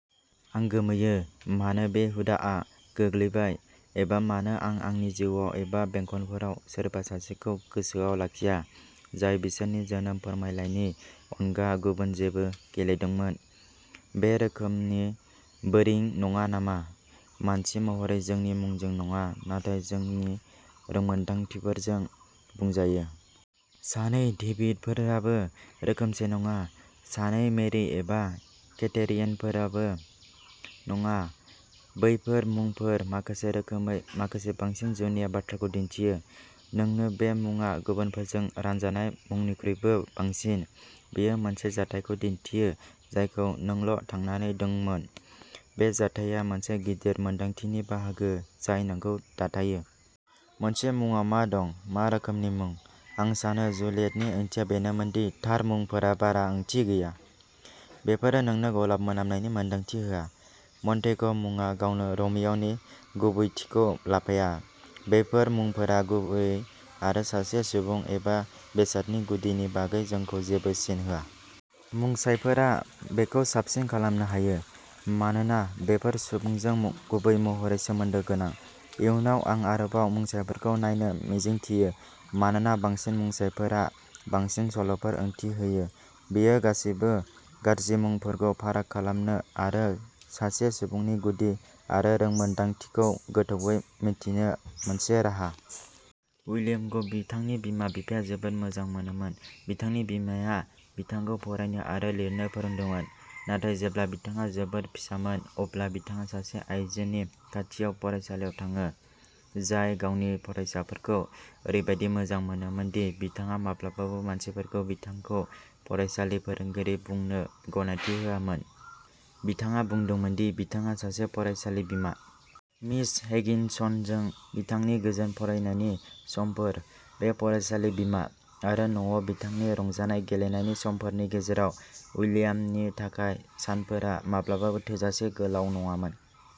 आं गोमोयो मानो बे हुदाआ गोग्लैबाय, एबा मानो आं आंनि जिउआव एबा बेंखनफोराव सोरबा सासेखौ गोसोआव लाखिया, जाय बिसोरनि जोनोम फोरमानलाइनि अनगा गुबुन जेबो गेलेदोंमोन। बे रोखोमनि बोरिं नङा नामा? मानसि महरै, जोंनि मुंजों नङा, नाथाय जोंनि रोंमोनदांथिफोरजों बुंजायो। सानै डेभिडफोराबो रोखोमसे नङा। सानै मेरि एबा केथेरिनफोरबो नङा। बैफोर मुंफोरा माखासे रोखोमै, माखासे बांसिन जुनिया बाथ्राखौ दिन्थियो। नोंनो बे मुङा गुबुनफोरजों रानजानाय मुंनिख्रुइबो बांसिन। बेयो मोनसे जाथायखौ दिन्थियो जायखौ नोंल'थांनानै दंमोन। बे जाथायआ मोनसे गिदिर मोनदांथिनि बाहागो जाय नोंखौ दाथायो। मोनसे मुंआव मा दं? मा रोखोमनि मुं? आं सानो जुलियेटनि ओंथिया बेनोमोन दि थार मुंफोरा बारा ओंथि गैया। बेफोरो नोंनो गलाब मोनामनायनि मोनदांथि होआ। मन्टेग'मुङा गावनो र'मिय'नि गुबैथिखौ लाफाया। बैफोर मुंफोरा गुरै आरो सासे सुबुं एबा बेसादनि गुदिनि बागै जोंखौ जेबो सिन होआ। मुंसायफोरा बेखौ साबसिन खालामनो हायो मानोना बेफोर सुबुंजों गुबै महरै सोमोन्दो गोनां। इयुनाव, आं आरोबाव मुंसायफोरखौ नायनो मिजिंथियो मानोना बांसिन मुंसायफोरा बांसिन सल'फोर ओंथि होयो। बेयो गासैबो गाज्रि मुंफोरखौ फाराग खालामनो आरो सासे सुबुंनि गुदि आरो रोंमोनदांथिखौ गोथौवै मिथिनो मोनसे राहा।. विलियमखौ बिथांनि बिमा-बिफाया जोबोद मोजां मोनोमोन। बिथांनि बिमाया बिथांखौ फरायनो आरो लिरनो फोरोंदोंमोन, नाथाय जेब्ला बिथाङा जोबोद फिसामोन अब्ला बिथाङा सासे आइजोनि खाथियाव फरायसालियाव थाङो, जाय गावनि फरायसाफोरखौ ओरैबादि मोजां मोनोमोन दि बिथाङा माब्लाबाबो मानसिफोरखौ बिथांखौ फरायसालि-फोरोंगिरि बुंनो गनायथि होआमोन-- बिथाङा बुंदोंमोन दि बिथाङा सासे फरायसालि-बिमा। मिस हिगिनसनजों बिथांनि गोजोन फरायनायनि समफोर, बे फरायसालि-बिमा, आरो न'आव बिथांनि रंजानाय गेलेनायनि समफोरनि गेजेराव, उइलियामनि थाखाय सानफोरा माब्लाबाबो थोजासे गोलाव नङामोन।